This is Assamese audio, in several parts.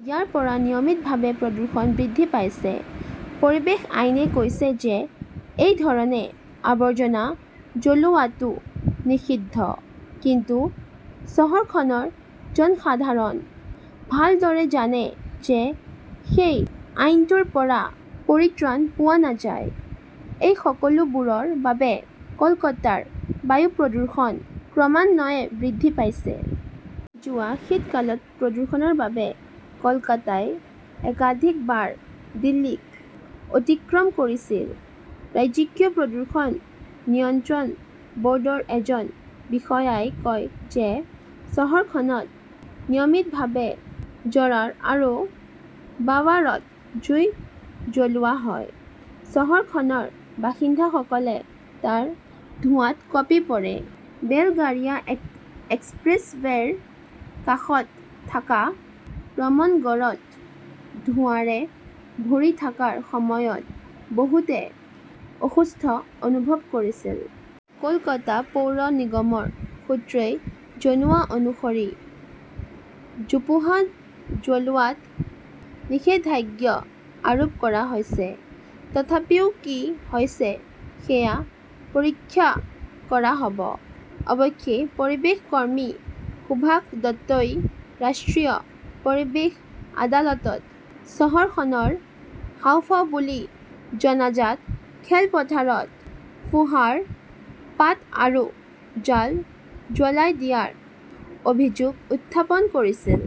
ইয়াৰ পৰা নিয়মিতভাৱে প্ৰদূষণ বৃদ্ধি পাইছে। পৰিৱেশ আইনে কৈছে যে, এই ধৰণে আৱৰ্জনা জ্বলোৱাটো নিষিদ্ধ। কিন্তু চহৰখনৰ জনসাধাৰণ ভালদৰে জানে যে, সেই আইনটোৰ পৰা পৰিত্ৰাণ পোৱা নাযায়। এই সকলোবোৰৰ বাবে কলকাতাৰ বায়ু প্ৰদূষণ ক্ৰমান্বয়ে বৃদ্ধি পাইছে। যোৱা শীতকালত প্ৰদূষণৰ বাবে কলকাতাই একাধিকবাৰ দিল্লীক অতিক্ৰম কৰিছিল। ৰাজ্যিক প্ৰদূষণ নিয়ন্ত্ৰণ বৰ্ডৰ এজন বিষয়াই কয় যে, চহৰখনত নিয়মিতভাৱে জোৱাৰ আৰু বাৱাৰত জুই জ্বলোৱা হয়। চহৰখনৰ বাসিন্দাসকলে তাৰ ধোঁৱাত কঁপি পৰে। বেলগাৰিয়া এক্সপ্ৰেছৱেৰ কাষত থকা প্ৰমনগৰত ধোঁৱাৰে ভৰি থকাৰ সময়ত বহুতে অসুস্থ অনুভৱ কৰিছিল। কলকাতা পৌৰ নিগমৰ সূৰ্যই জনোৱা অনুসৰি, জোপোহা জ্বলোৱাত নিষেধাজ্ঞ আৰোপ কৰা হৈছে। তথাপিও কি হৈছে সেয়া পৰীক্ষা কৰা হব। অৱশ্যে পৰিৱেশকৰ্মী সুভাষ দত্তই ৰাষ্ট্ৰীয় পৰিৱেশ আদালতত চহৰখনৰ হাঁওফাঁও বুলি জনাজাত খেলপথাৰত ফোঁহাৰ পাত আৰু জাল জ্বলাই দিয়াৰ অভিযোগ উত্থাপন কৰিছিল।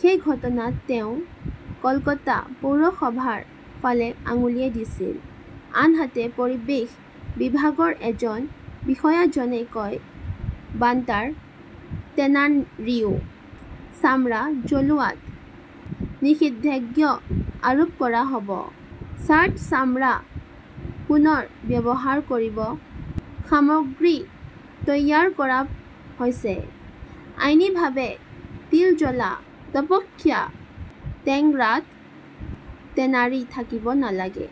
সেই ঘটনাত তেওঁ কলকাতা পৌৰসভাৰ ফালে আঙুলিয়াই দিছিল। আনহাতে, পৰিৱেশ বিভাগৰ এজন বিষয়াজনে কয়, "বান্টাৰ টেনাৰীও চামৰা জ্বলোৱাত নিষেধাজ্ঞ আৰোপ কৰা হয়। ছাৰ্ট চামৰা পুনৰ ব্যৱহাৰ কৰি সামগ্ৰী তৈয়াৰ কৰা হৈছে। আইনীভাৱে তিলজলা, তপসিয়া, টেংৰাত টেনাৰী থাকিব নালাগে।